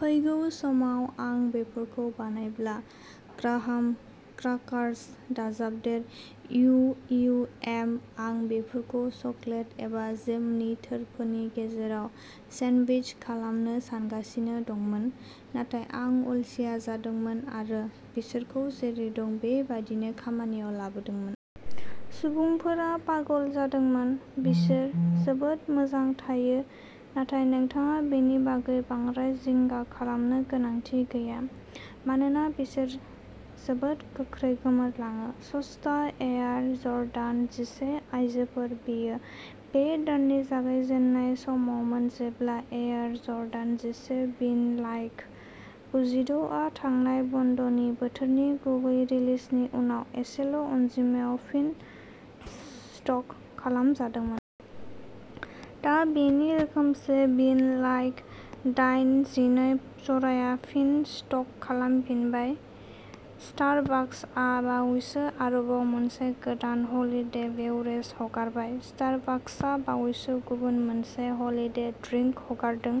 फैगौ समाव आं बेफोरखौ बानायब्ला ग्राहाम क्राकार्स दाजाबदेर। यु. इउ. एम. आं बेफोरखौ चकलेट एबा जेमनि थोरफोनि गेजेराव सेन्डविच खालामनो सानगासिनो दंमोन। नाथाय आं अलसिया जादोंमोन आरो बिसोरखौ जेरै दं बे बादिनो खामानियाव लाबोदोंमोन। सुबुंफोरा पागल जादोंमोन। बिसोर जोबोद मोजां थायो। नाथाय नोंथाङा बेनि बागै बांद्राय जिंगा खालामनो गोनांथि गैया। मानोना बिसोरो जोबोद गोख्रै गोमोरलाङो। सस्ता एयार जर्डान जिसे आयजोफोर बेयो बे दाननि जागायजेन्नाय समावमोन जेब्ला एयार जर्डान जिसे विन लाइक गुजिद’ आ थांनाय बन्दनि बोथोरनि गुबै रिलिजनि उनाव एसेल'अनजिमायाव फिन स्टक खालामजादोंमोन। दा बेनि रोखोमसे विन लाइक दाइन जिनै जराया फिन स्टक खालामफिनबाय। स्टारबाकसआ बावैसो आरोबाव मोनसे गोदान हलिदे बेवरेज हगारबाय स्टारबाकसआ बावैसो गुबुन मोनसे हलिदे ड्रिंक हगारदों।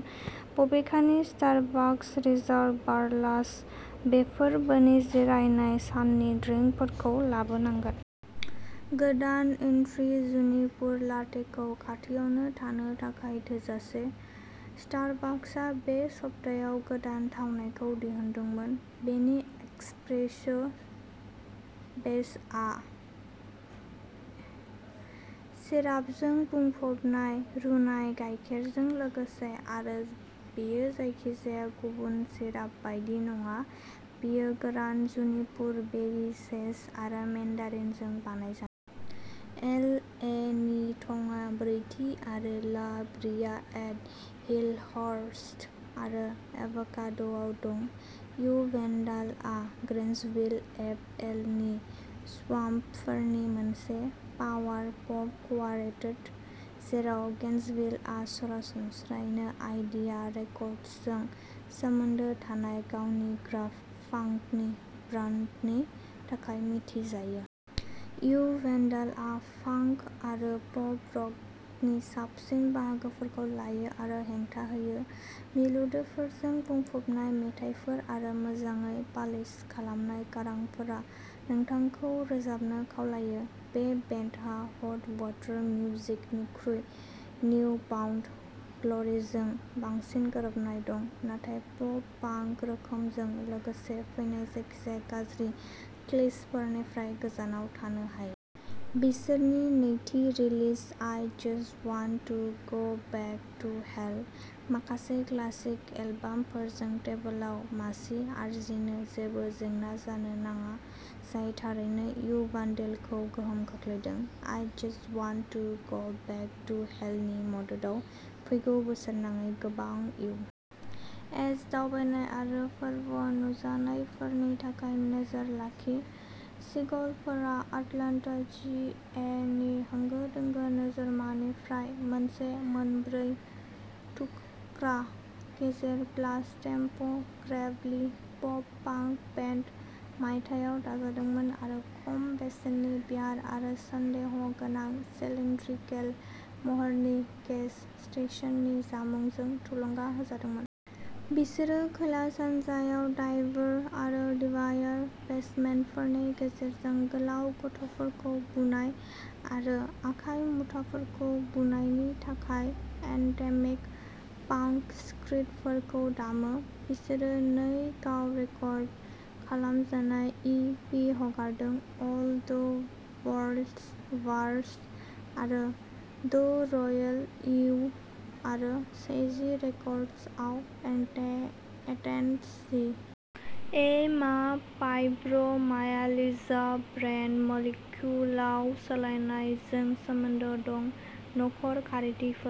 बबेखानि, स्टारबाकस रिजार्भ बार्साल'बे फोरबोनि जिरायनाय साननि ड्रिंकफोरखौ लाबोनांगोन। गोदान उइन्ट्री जुनिपर लाटेखौ खाथियावनो थानो थाखाय थोजासे। स्टारबाक्सआ बे सप्तायाव गोदान थावनायखौ दिहुनदोंमोन। बेनि एस्प्रेस'बेसआ सिरापजों बुंफबनाय रुनाय गायखेरजों लोगोसे आरो बेयो जायखिजाया गुबुन सिराप बायदि नङा बेयो गोरान जुनिपर बेरि सेज आरो मेन्डारिनजों बानायजानाय। एल. ए. नि थंआ ब्रैथि आरो ला ब्रिया एट हिलहर्स्ट आरो एभाकाद'आव दं। इउ भेन्डालआ ग्रेन्सइल एफ. एल. नि स्वाम्पफोरनि मोनसे पावार पप कवारटेट। जेराव गेन्सविलआ सरासनस्रायै नो आइडिया रेकर्डसजों सोमोन्दो थानाय गावनि ग्राफ पांकनि ब्रान्डनि थाखाय मिथिजायो। इउ भेन्डालआ पांक आरो पप-रकनि साबसिन बाहागोफोरखौ लायो आरो हेंथा होयो। मिलौदोफोरजों बुंफबनाय मेथाइफोर आरो मोजाङै पालिश खालामनाय गारांफोरा नोंथांखौ रोजाबनो खावलायो। बे बेन्डहा हट वाटार मिउजिकनिख्रुइ निउ फाउन्ड ग्ल'रिजों बांसिन गोरोबनाय दं, नाथाय पप-पांक रोखोमजों लोगोसे फैनाय जायखिजाया गाज्रि क्लिचफोरनिफ्राय गोजानाव थानो हायो। बिसोरनि नैथि release I just want to go back to hell. माखासे क्लासिक एलबामफोरजों टेबोलाव मासि आरजिनो जेबो जेंना जानो नाङा। जाय थारैनो इउ भानडेलखौ गोहोम खोख्लैदों। I just want to go back to हेलनि मददाव फैगौ बोसोरनाङै गोबां इउ. एस. दावबायनाय आरो फोरबोआव नुजानायफोरनि थाखाय नोजोर लाखि। सिगलफोरा आटलान्टा जि. ए. नि होंगो-दोंगो नोगोरमानिफ्राय मोनसे मोनब्रै थुख्रा गेजेर प्लास टेम्प' ग्रेभलि पप पांक बेन्ड। मायथाइयाव दाजादोंमोन आरो खम बेसेननि बियार आरो सन्देहगोनां सिलिन्ड्रिकेल महरनि गेस स्टेशननि जामुंजों थुलुंगा होजादोंमोन। बिसोरो खोला-सानजायाव डाइभ बार आरो डिवायार बेसमेन्टफोरनि गेजेरजों गोलाव गथ'फोरखौ बुनाय आरो आखाइ मुथाफोरखौ बुनायनि थाखाय एन्थेमिक पांक स्क्रीडफोरखौ दामो। बिसोरो नै गाव रेकर्ड खालामजानाय इ. पि. हगारदों। अल द वर्ल्ड्स वार्स आरो द रयेल उइ आरो से-जि रेकर्डसआव एथे एथेन्स जि. ए. मा फाइब्र' मायालिजया ब्रेन मलिक्युलाव सोलायनायजों सोमोन्दो दं। न'खर खारिथिफोर